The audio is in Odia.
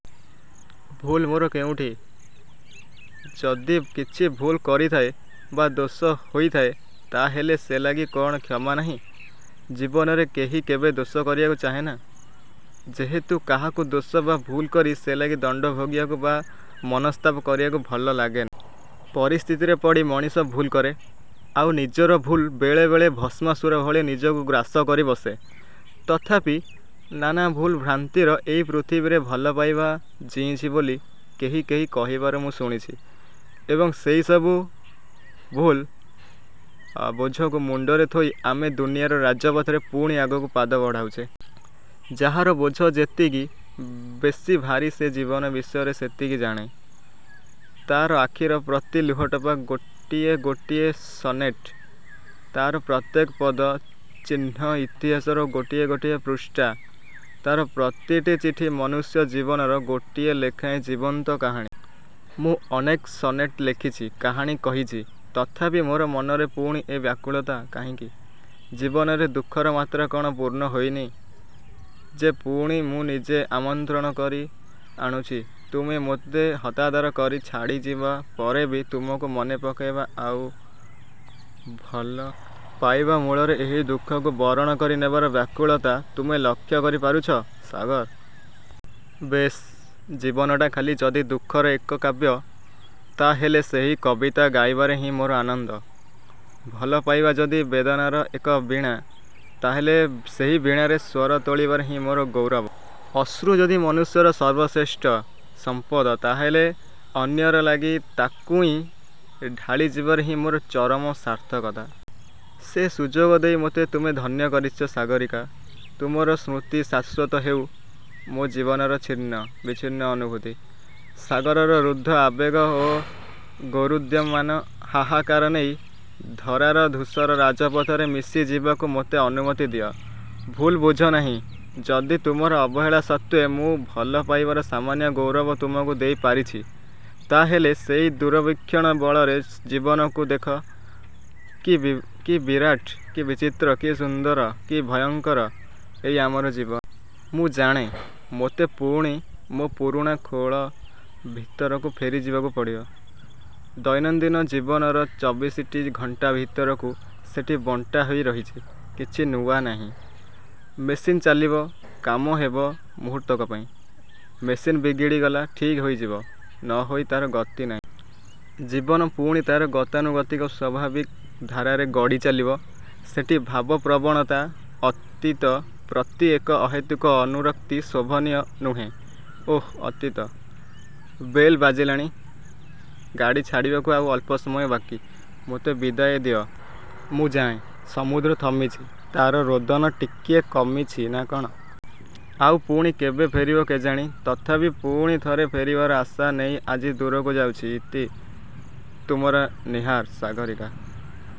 ଭୁଲ୍ ମୋର କେଉଁଠି? ଯଦି କିଛି ଭୁଲ୍ କରିଥାଏ; ବା ଦୋଷ ହୋଇଥାଏ; ତା'ହେଲେ ସେ ଲାଗି କ'ଣ କ୍ଷମା ନାହିଁ? ଜୀବନରେ କେହି କେବେ ଦୋଷ କରିବାକୁ ଚାହେଁନା; ଯେହେତୁ କାହାକୁ ଦୋଷ ବା ଭୁଲ୍ କରି ସେ ଲାଗି ଦଣ୍ଡ ଭୋଗିବାକୁ ବା ମନସ୍ତାପ କରିବାକୁ ଭଲ ଲାଗେନା। ପରିସ୍ଥିତିରେ ପଡ଼ି ମଣିଷ ଭୁଲ୍ କରେ। ଆଉ ନିଜର ଭୁଲ୍ ବେଳେ ବେଳେ ଭସ୍ମାସୁର ଭଳି ନିଜକୁ ଗ୍ରାସ କରି ବସେ। ତଥାପି ନାନା ଭୁଲ୍ ଭ୍ରାନ୍ତିର ଏଇ ପୃଥିବୀରେ ଭଲପାଇବା ଜୀଇଛି ବୋଲି କେହି କେହି କହିବାର ମୁଁ ଶୁଣିଛି ଏବଂ ସେଇ ସବୁ ଭୁଲ୍ର ବୋଝକୁ ମୁଣ୍ଡରେ ଥୋଇ ଆମେ ଦୁନିଆର ରାଜପଥରେ ପୁଣି ଆଗକୁ ପାଦ ବଢ଼ାଉଛେ। ଯାହାର ବୋଝ ଯେତିକି ବେଶୀ ଭାରି ସେ ଜୀବନ ବିଷୟରେ ସେତିକି ଜାଣେ। ତା'ର ଆଖିର ପ୍ରତି ଲୁହ ଟୋପା ଗୋଟିଏ ଗୋଟିଏ ସନେଟ୍; ତା'ର ପ୍ରତ୍ୟେକ ପଦ-ଚିହ୍ନ ଇତିହାସର ଗୋଟିଏ ଗୋଟିଏ ପୃଷ୍ଠା-ତା'ର ପ୍ରତିଟି ଚିଠି ମନୁଷ୍ୟ ଜୀବନର ଗୋଟିଏ ଲେଖାଏଁ ଜୀବନ୍ତ କାହାଣୀ। ମୁଁ ଅନେକ ସନେଟ୍ ଲେଖିଛି; କାହାଣୀ କହିଛି। ତଥାପି ମୋର ମନରେ ପୁଣି ଏ ବ୍ୟାକୁଳତା କାହିଁକି? ଜୀବନରେ ଦୁଃଖର ମାତ୍ରା କ'ଣ ପୂର୍ଣ୍ଣ ହୋଇନି ଯେ ପୁଣି ମୁଁ ନିଜେ ଆମନ୍ତ୍ରଣ କରି ଆଣୁଛି-ତୁମେ ମୋତେ ହତାଦର କରି ଛାଡ଼ିଯିବା ପରେ ବି ତୁମକୁ ମନେ ପକାଇବା ଆଉ ଭଲପାଇବା ମୂଳରେ ଏହି ଦୁଃଖକୁ ବରଣ କରି ନେବାର ବ୍ୟାକୁଳତା ତୁମେ ଲକ୍ଷ୍ୟ କରି ପାରୁଛ; ସାଗର! ବେଶ୍-ଜୀବନଟା ଖାଲି ଯଦି ଦୁଃଖର ଏକକାବ୍ୟ-ତା'ହେଲେ ସେହି କବିତା ଗାଇବାରେ ହିଁ ମୋର ଆନନ୍ଦ। ଭଲପାଇବା ଯଦି ବେଦନାର ଏକ ବୀଣା; ତା'ହେଲେ ସେହି ବୀଣାରେ ସ୍ୱର ତୋଳିବାରେ ହିଁ ମୋର ଗୌରବ। ଅଶ୍ରୁ ଯଦି ମନୁଷ୍ୟର ସର୍ବଶ୍ରେଷ୍ଠ ସମ୍ପଦ ତା'ହେଲେ ଅନ୍ୟର ଲାଗି ତାକୁଇ ଢାଳି ଯିବାରେ ହିଁ ମୋର ଚରମ ସାର୍ଥକତା। ସେ ସୁଯୋଗ ଦେଇ ମୋତେ ତୁମେ ଧନ୍ୟ କରିଛ ସାଗରୀକା। ତୁମର ସ୍ମୃତି ଶାଶ୍ୱତ ହେଉ-ମୋ ଜୀବନର ଛିନ୍ନ-ବିଚ୍ଛିନ୍ନ ଅନୁଭୂତି; ଅନ୍ତରର ରୁଦ୍ଧ ଆବେଗ ଓ ରୋରୁଦ୍ୟମାନ ହାହାକାର ନେଇ; ଧରାର-ଧୂଷର ରାଜପଥରେ ମିଶି ଯିବାକୁ ମୋତେ ଅନୁମତି ଦିଅ। ଭୁଲ୍ ବୁଝନାହିଁ-ଯଦି ତୁମର ଅବହେଳା ସତ୍ତ୍ୱେ ମୁଁ ଭଲପାଇବାର ସାମାନ୍ୟ ଗୌରବ ତୁମକୁ ଦେଇ ପାରିଛି; ତା'ହେଲେ ସେଇ ଦୁରବୀକ୍ଷଣ ବଳରେ ଜୀବନକୁ ଦେଖ-କି ବିରାଟ, କି ବିଚିତ୍ର, କି ସୁନ୍ଦର, କି ଭୟଙ୍କର ଏଇ ଆମର ଜୀବନ। ମୁଁ ଜାଣେ; ମୋତେ ପୁଣି ମୋ ପୁରୁଣା ଖୋଳ ଭିତରକୁ ଫେରି ଯିବାକୁ ପଡ଼ିବ। ଦୈନନ୍ଦିନ-ଜୀବନର ଚବିଶିଟି ଘଣ୍ଟା ଭିତରକୁ ସେଠି ବଣ୍ଟା ହୋଇ ରହିଛି; କିଛି ନୂଆ ନାହିଁ। ମେସିନ୍ ଚାଲିବ-କାମ ହେବ। ମୁହୂର୍ତ୍ତକ ପାଇଁ ମେସିନ୍ ବିଗିଡ଼ି ଥିଲା-ଠିକ୍ ହୋଇଯିବ। ନ ହୋଇ ତା'ର ଗତି ନାହିଁ। ଜୀବନ ପୁଣି ତା'ର ଗତାନୁଗତିକ ସ୍ୱାଭାବିକ ଧାରାରେ ଗଡ଼ି ଚାଲିବ। ସେଠି ଭାବ ପ୍ରବଣତା, ଅତୀତ ପ୍ରତି ଏକ ଅହେତୁକ ଅନୁରକ୍ତି ଶୋଭନୀୟ ନୁହେଁ-ଓଃ-ଅତୀତ। ବେଲ୍ ବାଜିଲାଣି। ଗାଡ଼ି ଛାଡ଼ିବାକୁ ଆଉ ଅଳ୍ପ ସମୟ ବାକି। ମୋତେ ବିଦାୟ ଦିଅ। ମୁଁ ଯାଏ; ସମୁଦ୍ର ଥମିଛି; ତା'ର ରୋଦନ ଟିକିଏ କମିଛି ନା କ'ଣ? ଆଉ ପୁଣି କେବେ ଫେରିବ କେଜାଣି-ତଥାପି ପୁଣି ଥରେ ଫେରିବାର ଆଶା ନେଇ ଆଜି ଦୂରକୁ ଯାଉଛି-ଇତି- ତୁମର 'ନୀହାର' ସାଗରୀକା